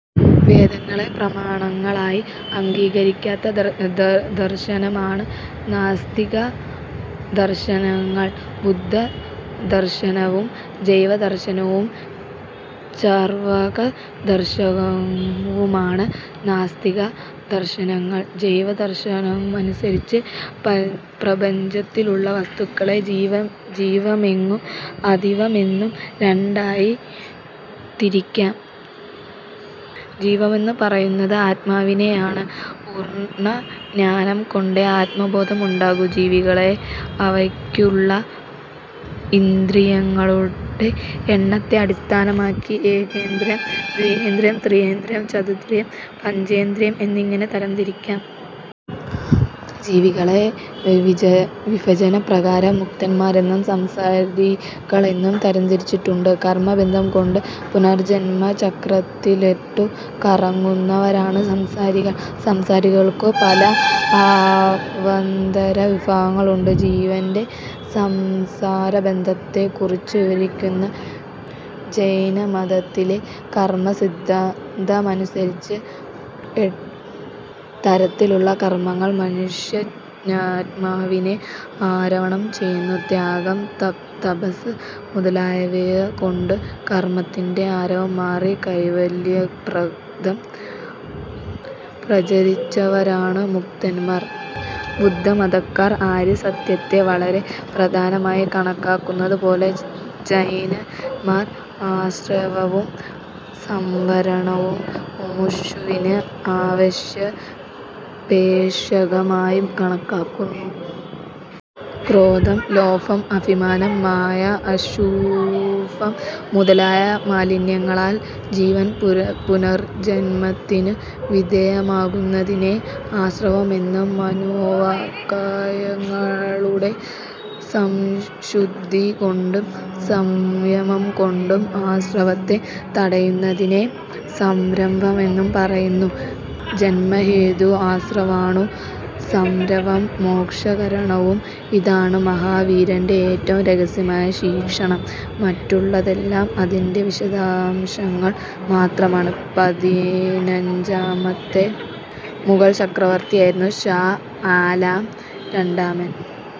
വേദങ്ങളെ പ്രമാണങ്ങളായി അംഗീകരിക്കാത്ത ദർശനങ്ങളാണ് നാസ്തിക ദർശനങ്ങൾ. ബുദ്ധദർശനവും ജൈവദർശനവും ചർവാകദർശനവുമാണ് നാസ്തിക ദർശനങ്ങൾ. ജൈവ ദർശനമനുസരിച്ച് പ്രപഞ്ചത്തിലുള്ള വസ്തുക്കളെ ജീവമെന്നും അജീവമെന്നും രണ്ടായി തിരിക്കാം. ജീവമെന്നു പറയുന്നത് ആത്മാവിനെയാണു. പൂർണ്ണജ്ഞാനം കൊണ്ടേ ആത്മബോധം ഉണ്ടാവൂ. ജീവികളെ അവയ്ക്കുള്ള ഇന്ദ്രിയങ്ങളുടെ എണ്ണത്തെ അടിസ്ഥാനമാക്കി ഏകേന്ദ്രിയം, ദ്വിന്ദ്രിയം, ത്രീന്ദ്രിയം, ചതുരിന്ദ്രിയം, പഞ്ചേന്ദ്രിയം എന്നിങ്ങനെ തരം തിരിച്ചിക്കാം ജീവികളെ വിഭജനപ്രകാരം മുക്തന്മാരെന്നും സംസാരികളെന്നും തിരിച്ചിട്ടുണ്ട്. കർമ്മബന്ധം കൊണ്ടു പുനർജ്ജന്മചക്രത്തില്പെട്ടു കറങ്ങുന്നവരാണു സംസാരികൾ. സംസാരികൾക്കു പല അവാന്തരവിഭാഗങ്ങളുണ്ട്. ജീവന്റെ സംസാരബന്ധത്തെക്കുറിച്ചു വിവരിക്കുന്ന ജൈനമതത്തിലെ കർമ്മസിദ്ധാന്തമനുസരിച്ച് എട്ടുതരത്തിലുള്ള കർമ്മങ്ങൾ മനുഷ്യാത്മാവിനെ ആവരണം ചെയ്യും. ത്യാഗം, തപസ്സ് മുതലായവകൊണ്ടു കർമ്മത്തിന്റെ ആവരണം മാറി കൈവല്യപ്രദം പ്രാപിച്ചവരാണു മുക്തർ. ബുദ്ധമതക്കാർ ആര്യസത്യത്തെ വളരെ പ്രധാനമായി കണക്കാക്കുന്നതുപോലെ, ജൈനന്മാർ ആസ്രവവും സംവരവും മുമുക്ഷുവിന് അവശ്യാപേക്ഷകമായി കണക്കാക്കുന്നു. ക്രോധം, ലോഭം, അഭിമാനം മായ, അശുഭം, മുതലായ മാലിന്യങ്ങളാൽ ജീവൻ പുനർജ്ജന്മത്തിനു വിധേയമാകുന്നതിനെ ആസ്രവമെന്നും, മനോവാക്കായങ്ങളുടെ സംശുദ്ധികൊണ്ടും, സംയമംകൊണ്ടും, ആസ്രവത്തെ തടയുന്നതിനെ സംവരമെന്നും പറയുന്നു. " ജന്മഹേതു ആസ്രവമാണു; സംവരം മോക്ഷകാരണവും. ഇതാണു മഹാവീരന്റെ ഏറ്റവും രഹസ്യമായ ശിക്ഷണം. മറ്റുള്ളതെല്ലാം അതിന്റെ വിശദാംശങ്ങൾ മാത്രമാണു". പതിനഞ്ചാമത്തെ മുഗൾ ചക്രവർത്തിയായിരുന്നു ഷാ ആലം രണ്ടാമൻ.